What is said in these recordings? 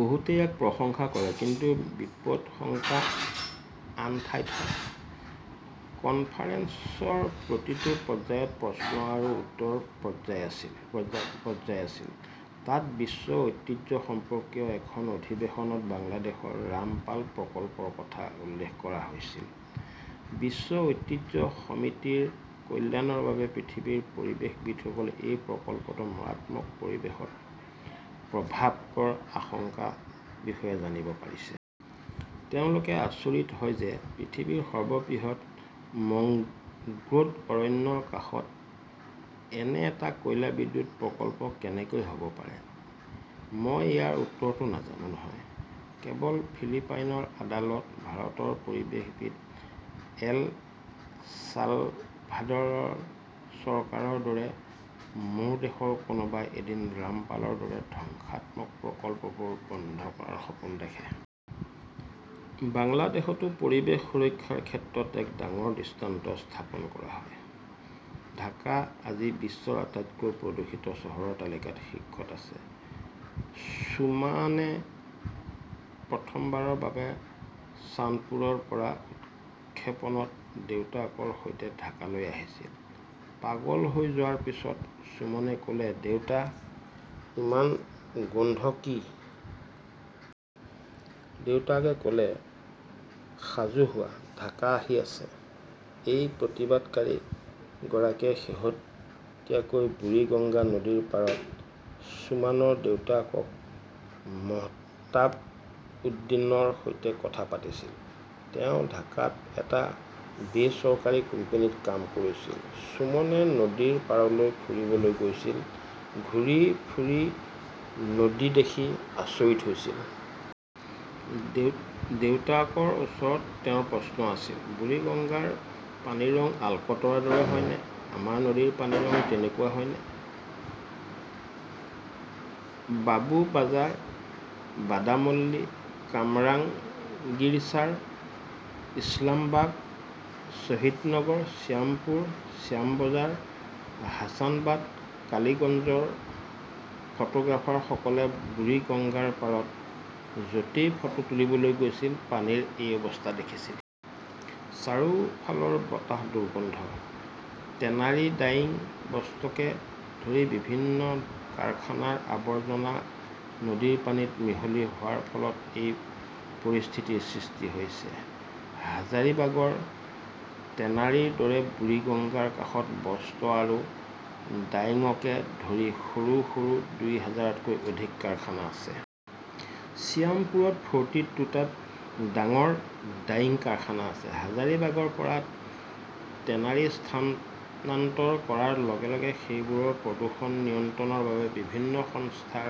বহুতে ইয়াক প্ৰশংসা কৰে। কিন্তু বিপদাশংকা আন ঠাইত হয়। কনফাৰেন্সৰ প্ৰতিটো পৰ্যায়ত প্ৰশ্ন আৰু উত্তৰ পৰ্যায় আছিল। তাত বিশ্ব ঐতিহ্য সম্পৰ্কীয় এখন অধিৱেশনত বাংলাদেশৰ ৰামপাল প্ৰকল্পৰ কথা উল্লেখ কৰা হৈছিল। বিশ্ব ঐতিহ্য সমিতিৰ কল্যাণৰ বাবে পৃথিৱীৰ পৰিৱেশবিদসকলে এই প্ৰকল্পটোৰ মাৰাত্মক পৰিৱেশগত প্ৰভাৱৰ আশংকাৰ বিষয়ে জানিব পাৰিছে। তেওঁলোকে আচৰিত হয় যে, পৃথিৱীৰ সৰ্ববৃহৎ মেংগ্ৰোভ অৰণ্যৰ কাষত এনে এটা কয়লা বিদ্যুৎ প্ৰকল্প কেনেকৈ হ'ব পাৰে! মই ইয়াৰ উত্তৰটো নাজানো, নহয়। কেৱল ফিলিপাইনৰ আদালত, ভাৰতৰ পৰিৱেশবিদ, এল চালভাদৰৰ চৰকাৰৰ দৰে মোৰ দেশৰ কোনোবাই এদিন ৰামপালৰ দৰে ধ্বংসাত্মক প্ৰকল্পবোৰ বন্ধ কৰাৰ সপোন দেখে। বাংলাদেশতো পৰিৱেশ সুৰক্ষাৰ ক্ষেত্ৰত এক ডাঙৰ দৃষ্টান্ত স্থাপন কৰা হ'ব। ঢাকা আজি বিশ্বৰ আটাইতকৈ প্ৰদূষিত চহৰৰ তালিকাত শীৰ্ষত আছে। চুমানে প্ৰথমবাৰৰ বাবে চান্দপুৰৰ পৰা উৎক্ষেপণত দেউতাকৰ সৈতে ঢাকালৈ আহিছিল। পাগল হৈ যোৱাৰ পিছত সুমনে ক'লে, দেউতা, ইমান গোন্ধ কি? দেউতাকে ক'লে, সাজু হোৱা, ঢাকা আহি আছে। এই প্ৰতিবেদনকাৰী গৰাকীয়ে শেহতীয়াকৈ বুৰিগঙ্গা নদীৰ পাৰত ছুমানৰ দেউতাক মহতাব উদ্দীনৰ সৈতে কথা পাতিছিল। তেওঁ ঢাকাত এটা বেচৰকাৰী কোম্পানীত কাম কৰিছিল। সুমনে নদীৰ পাৰলৈ ফুৰিবলৈ গৈছিল, ঘূৰি ফুৰি পানী দেখি আচৰিত হৈছিল। দেউতাকৰ ওচৰত তেওঁৰ প্ৰশ্ন আছিল, বুৰিগঙ্গাৰ পানীৰ ৰং অলকাট্ৰাৰ দৰে হয়নে? আমাৰ নদীৰ পানীৰ ৰং এনেকুৱা হয়নে? বাবুবাজাৰ, বাদামলী, কামৰাংগীৰচাৰ, ইছলামবাগ, শ্বাহিদনগৰ, শ্যামপুৰ, শ্যামবাজাৰ, হাছানাবাদ, কালিগঞ্জৰ ফটোগ্ৰাফাৰসকলে বুৰিগাংগাপাৰত য'তেই ফটো তুলিবলৈ গৈছিল, পানীৰ এই অৱস্থা দেখিছিল। চাৰিওফালৰ বতাহত দুৰ্গন্ধ। টেনাৰী, ডাইং, বস্ত্ৰকে ধৰি বিভিন্ন কাৰখানাৰ আৱৰ্জনা নদীৰ পানীত মিহলি হোৱাৰ ফলত এই পৰিস্থিতিৰ সৃষ্টি হৈছে। হাঝাৰিবাগৰ টেনাৰীৰ দৰে বুৰিগঙ্গাৰ কাষত বস্ত্ৰ আৰু ডাইঙকে ধৰি সৰু সৰু দুই হাজাৰতকৈও অধিক কাৰখানা আছে। শ্যামপুৰত ফৰ্তি টু টা ডাঙৰ ডাইং কাৰখানা আছে। হাজাৰিবাগৰ পৰা টেনাৰী স্থানান্তৰ কৰাৰ লগতে সেইবোৰৰ প্ৰদূষণ নিয়ন্ত্ৰণৰ বাবে বিভিন্ন সংস্থাৰ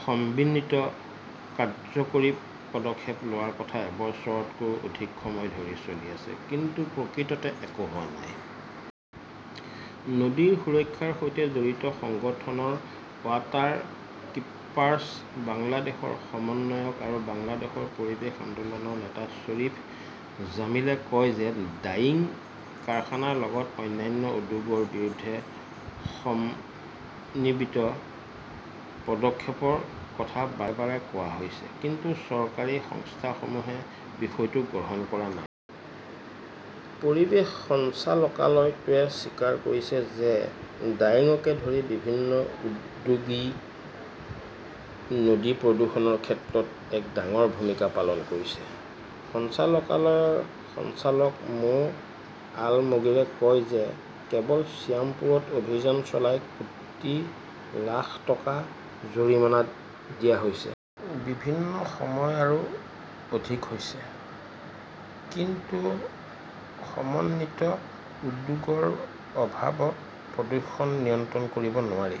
সমন্বিত কাৰ্যকৰী পদক্ষেপ লোৱাৰ কথা এবছৰতকৈও অধিক সময় ধৰি চলি আছে। কিন্তু প্ৰকৃততে একো হোৱা নাই। নদী সুৰক্ষাৰ সৈতে জড়িত সংগঠন ৱাটাৰ কিপাৰ্ছ বাংলাদেশৰ সমন্বয়ক আৰু বাংলাদেশ পৰিৱেশ আন্দোলনৰ নেতা শ্বৰীফ জামিলে কয় যে, ডাইং কাৰখানাৰ লগতে অন্যান্য উদ্যোগৰ বিৰুদ্ধে সমন্বিত পদক্ষেপৰ কথা বাৰে বাৰে কোৱা হৈছে। কিন্তু চৰকাৰী সংস্থাসমূহে বিষয়টো গ্ৰহণ কৰা নাই। পৰিৱেশ সঞ্চালকালয়টোৱেও স্বীকাৰ কৰিছে যে ডাইঙকে ধৰি বিভিন্ন উদ্যোগই নদী প্ৰদূষণৰ ক্ষেত্ৰত এক ডাঙৰ ভূমিকা পালন কৰিছে। সঞ্চালকালয়ৰ সঞ্চালক মো. আলমগিৰে কয় যে, কেৱল শ্যামপুৰত অভিযান চলাই কোটি লাখ টকা জৰিমনা দিয়া হৈছিল। বিভিন্ন সময়ত আৰু অধিক হৈছে। কিন্তু সমন্বিত উদ্যোগৰ অভাৱত প্ৰদূষণ নিয়ন্ত্ৰণ কৰিব নোৱাৰি।